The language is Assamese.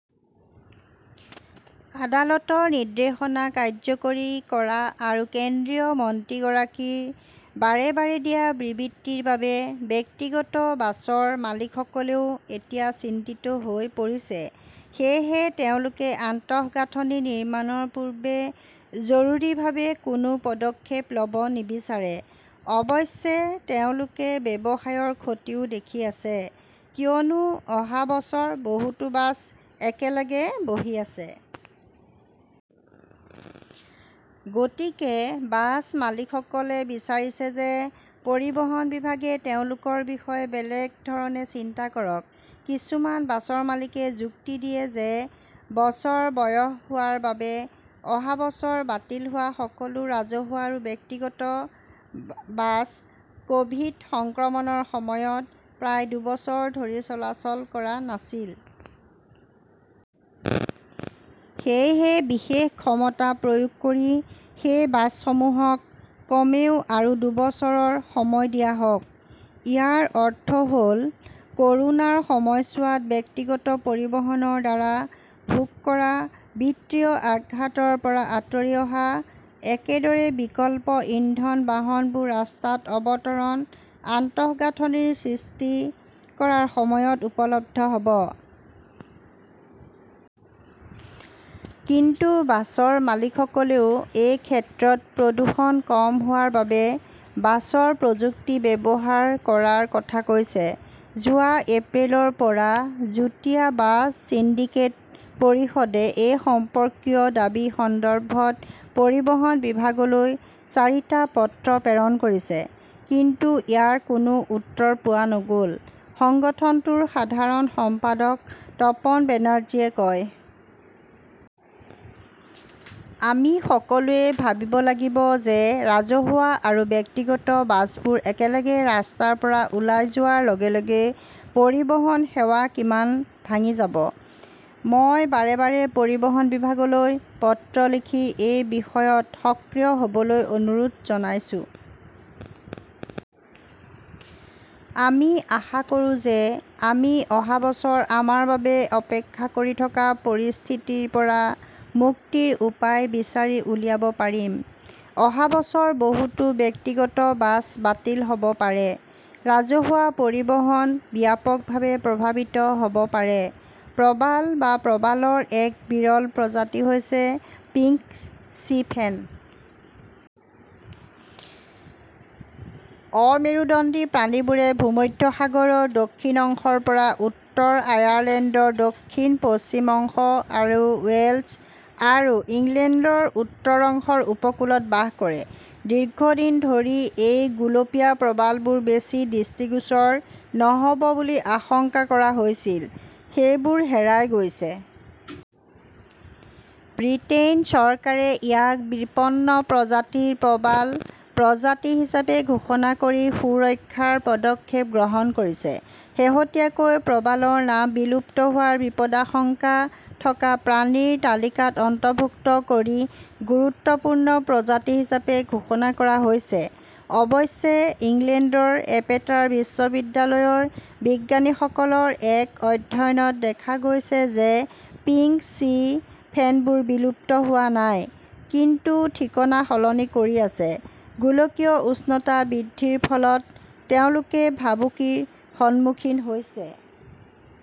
আদালতৰ নিৰ্দেশনা কাৰ্যকৰী কৰা আৰু কেন্দ্ৰীয় মন্ত্ৰীগৰাকীৰ বাৰে বাৰে দিয়া বিবৃতিৰ বাবে ব্যক্তিগত বাছৰ মালিকসকলেও এতিয়া চিন্তিত হৈ পৰিছে। সেয়েহে তেওঁলোকে আন্তঃগাঁথনি নিৰ্মাণৰ পূৰ্বে জৰুৰীভাৱে কোনো পদক্ষেপ ল "ব নিবিচাৰে। অৱশ্যে, তেওঁলোকে ব্যৱসায়ৰ ক্ষতিও দেখি আছে কিয়নো অহা বছৰ বহুতো বাছ একেলগে বহি আছে। গতিকে বাছ মালিকসকলে বিচাৰিছে যে পৰিবহণ বিভাগে তেওঁলোকৰ বিষয়ে বেলেগ ধৰণে চিন্তা কৰক। কিছুমান বাছৰ মালিকে যুক্তি দিয়ে যে বছৰ বয়স হোৱাৰ বাবে অহা বছৰ বাতিল হোৱা সকলো ৰাজহুৱা আৰু ব্যক্তিগত বাছ ক "ভিড সংক্ৰমণৰ সময়ত প্ৰায় দুবছৰ ধৰি চলাচল কৰা নাছিল। সেয়েহে বিশেষ ক্ষমতা প্ৰয়োগ কৰি সেই বাছসমূহক কমেও আৰু দুবছৰৰ সময় দিয়া হওক। ইয়াৰ অৰ্থ হ "ল ক" ৰোনাৰ সময়ছোৱাত ব্যক্তিগত পৰিবহণৰ দ্বাৰা ভোগ কৰা বিত্তীয় আঘাতৰ পৰা আঁতৰি অহা। একেদৰে, বিকল্প ইন্ধন বাহনবোৰ ৰাস্তাত অৱতৰণ আন্তঃগাঁথনি সৃষ্টি কৰাৰ সময়ত উপলব্ধ হ 'ব। কিন্তু বাছৰ মালিকসকলেও এই ক্ষেত্ৰত প্ৰদূষণ কম হোৱাৰ বাবে বাছত প্ৰযুক্তি ব্যৱহাৰ কৰাৰ কথা কৈছে। যোৱা এপ্ৰিলৰ পৰা যুটীয়া বাছ সিন্ডিকেট পৰিষদে এই সম্পৰ্কীয় দাবী সন্দৰ্ভত পৰিবহণ বিভাগলৈ চাৰিটা পত্ৰ প্ৰেৰণ কৰিছে। কিন্তু ইয়াৰ কোনো উত্তৰ পোৱা নগ "ল", সংগঠনটোৰ সাধাৰণ সম্পাদক তপন বেনাৰ্জীয়ে কয়। "আমি সকলোৱে ভাবিব লাগিব যে ৰাজহুৱা আৰু ব্যক্তিগত বাছবোৰ একেলগে ৰাস্তাৰ পৰা ওলাই যোৱাৰ লগে লগে পৰিবহণ সেৱা কিমান ভাঙি যাব। মই বাৰে বাৰে পৰিবহণ বিভাগলৈ পত্ৰ লিখি এই বিষয়ত সক্ৰিয় হ "বলৈ অনুৰোধ জনাইছো। আমি আশা কৰোঁ যে আমি অহা বছৰ আমাৰ বাবে অপেক্ষা কৰি থকা পৰিস্থিতিৰ পৰা মুক্তিৰ উপায় বিচাৰি উলিয়াব পাৰিম। "। অহা বছৰ বহুতো ব্যক্তিগত বাছ বাতিল হ 'ব পাৰে, ৰাজহুৱা পৰিবহণ ব্যাপকভাৱে প্ৰভাৱিত হ' ব পাৰে প্ৰবাল বা প্ৰবালৰ এক বিৰল প্ৰজাতি হৈছে পিংক চি ফেন। অমেৰুদণ্ডী প্ৰাণীটোৱে ভূমধ্যসাগৰৰ দক্ষিণ অংশৰ পৰা উত্তৰ আয়াৰলেণ্ডৰ দক্ষিণ-পশ্চিম অংশ আৰু ৱেলছ আৰু ইংলেণ্ডৰ উত্তৰ অংশৰ উপকূলত বাস কৰে। দীৰ্ঘদিন ধৰি এই গুলপীয়া প্ৰবালবোৰ বেছি দৃষ্টিগোচৰ নহ "ব বুলি আশংকা কৰা হৈছিল; সেইবোৰ হেৰাই গৈছে। ব্ৰিটেইন চৰকাৰে ইয়াক বিপন্ন প্ৰজাতিৰ প্ৰবাল প্ৰজাতি হিচাপে ঘোষণা কৰি সুৰক্ষাৰ পদক্ষেপ গ্ৰহণ কৰিছে, শেহতীয়াকৈ প্ৰবালৰ নাম বিলুপ্ত হোৱাৰ বিপদাশংকা থকা প্ৰাণীৰ তালিকাত অন্তৰ্ভুক্ত কৰি গুৰুত্বপূৰ্ণ প্ৰজাতি হিচাপে ঘোষণা কৰা হৈছে। অৱশ্যে, ইংলেণ্ডৰ এপেটাৰ বিশ্ববিদ্যালয়ৰ বিজ্ঞানীসকলৰ এক অধ্যয়নত দেখা গৈছে যে পিংক চি ফেনবোৰ বিলুপ্ত হোৱা নাই, কিন্তু ঠিকনা সলনি কৰি আছে। গোলকীয় উষ্ণতা বৃদ্ধিৰ ফলত তেওঁলোকে ভাবুকিৰ সন্মুখীন হৈছে,